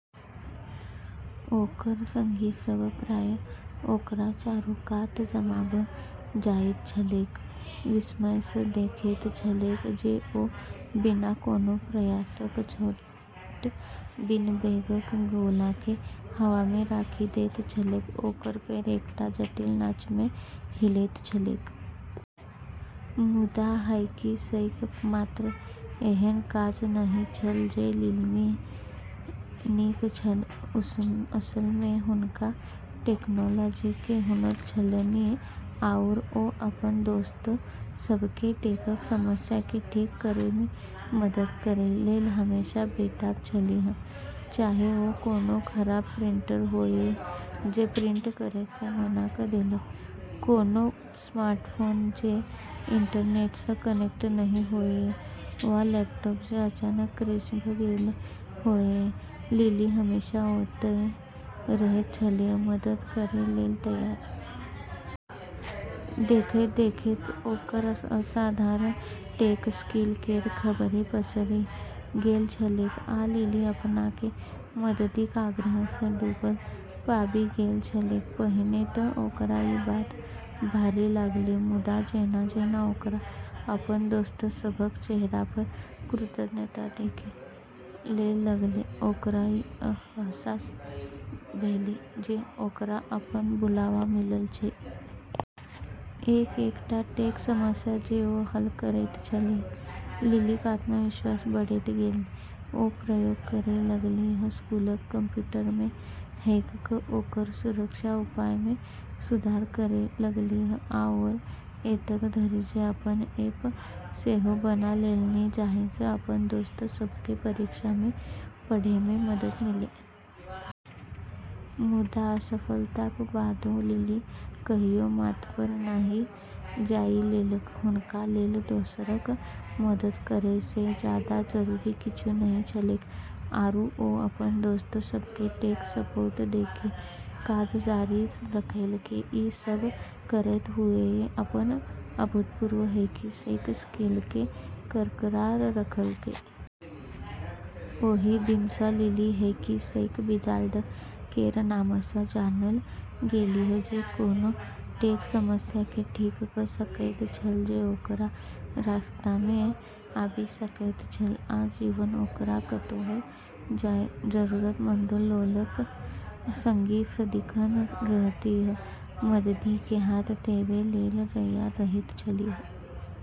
ओकर संगी सभ प्रायः ओकरा चारू कात जमा भऽ जाइत छलैक, विस्मयसँ देखैत छलैक जे ओ बिना कोनो प्रयासक छोट बीनबैगक गोलाकेँ हवामे राखि दैत छलैक, ओकर पैर एकटा जटिल नाचमे हिलैत छलैक। मुदा हैकी-सैक मात्र एहन काज नहि छल जे लिलीमे नीक छल। असलमे हुनका टेक्नोलॉजीके हुनर छलन्हि आओर ओ अपन दोस्त सभकेँ टेकक समस्याकेँ ठीक करैमे मदद करै लेल हमेशा बेताब छलीह। चाहे ओ कोनो खराब प्रिंटर होअए जे प्रिंट करैसँ मना कऽ देलक, कोनो स्मार्टफोन जे इंटरनेटसँ कनेक्ट नहि होअए, वा लैपटॉप जे अचानक क्रैश भऽ गेल होअए, लिली हमेशा ओतए रहैत छलीह, मदद करै लेल तैयार। देखैत-देखैत ओकर असाधारण टेक स्किल केर खबरि पसरि गेल छलैक, आ लिली अपनाकेँ मददिक आग्रहसँ डूबल पाबि गेल छलैक। पहिने तऽ ओकरा ई बात भारी लागलै, मुदा जेना-जेना ओकरा अपन दोस्त सभक चेहरापर कृतज्ञता देखै लेल लगलै, ओकरा ई अहसास भेलै जे ओकरा अपन बुलावा मिलल छै। एक-एकटा टेक समस्या जे ओ हल करैत छलीह, लिलीक आत्मविश्वास बढ़ैत गेलनि। ओ प्रयोग करै लगलीह, स्कूलक कंप्यूटरमे हैक कऽ ओकर सुरक्षा उपायमे सुधार करै लगलीह, आओर एतेक धरि जे अपन ऐप सेहो बना लेलनि जाहिसँ अपन दोस्त सभकेँ परीक्षामे पढ़ैमे मदद मिलै। मुदा सफलताक बादो लिली कहियो माथपर नहि जाइ लेलक। हुनका लेल दोसरक मदद करैसँ जादा जरूरी किछु नहि छलैक, आरू ओ अपन दोस्त सभकेँ टेक सपोर्ट दैके काज जारी रखलकै, ई सब करैत हुअए अपन अभूतपूर्व हैकी-सैक स्किलकेँ बरकरार रखलकै। ओहि दिनसँ लिली 'हैकी-सैक विज़ार्ड' केर नामसँ जानल गेलीह जे कोनो टेक समस्याकेँ ठीक कऽ सकैत छल जे ओकरा रास्तामे आबि सकैत छल। आ जीवन ओकरा कतहु लऽ जाए, जरूरतमंद लोकक संगी सदिखन रहतीह, मददि के हाथ देबै लेल तैयार रहैत छलीह।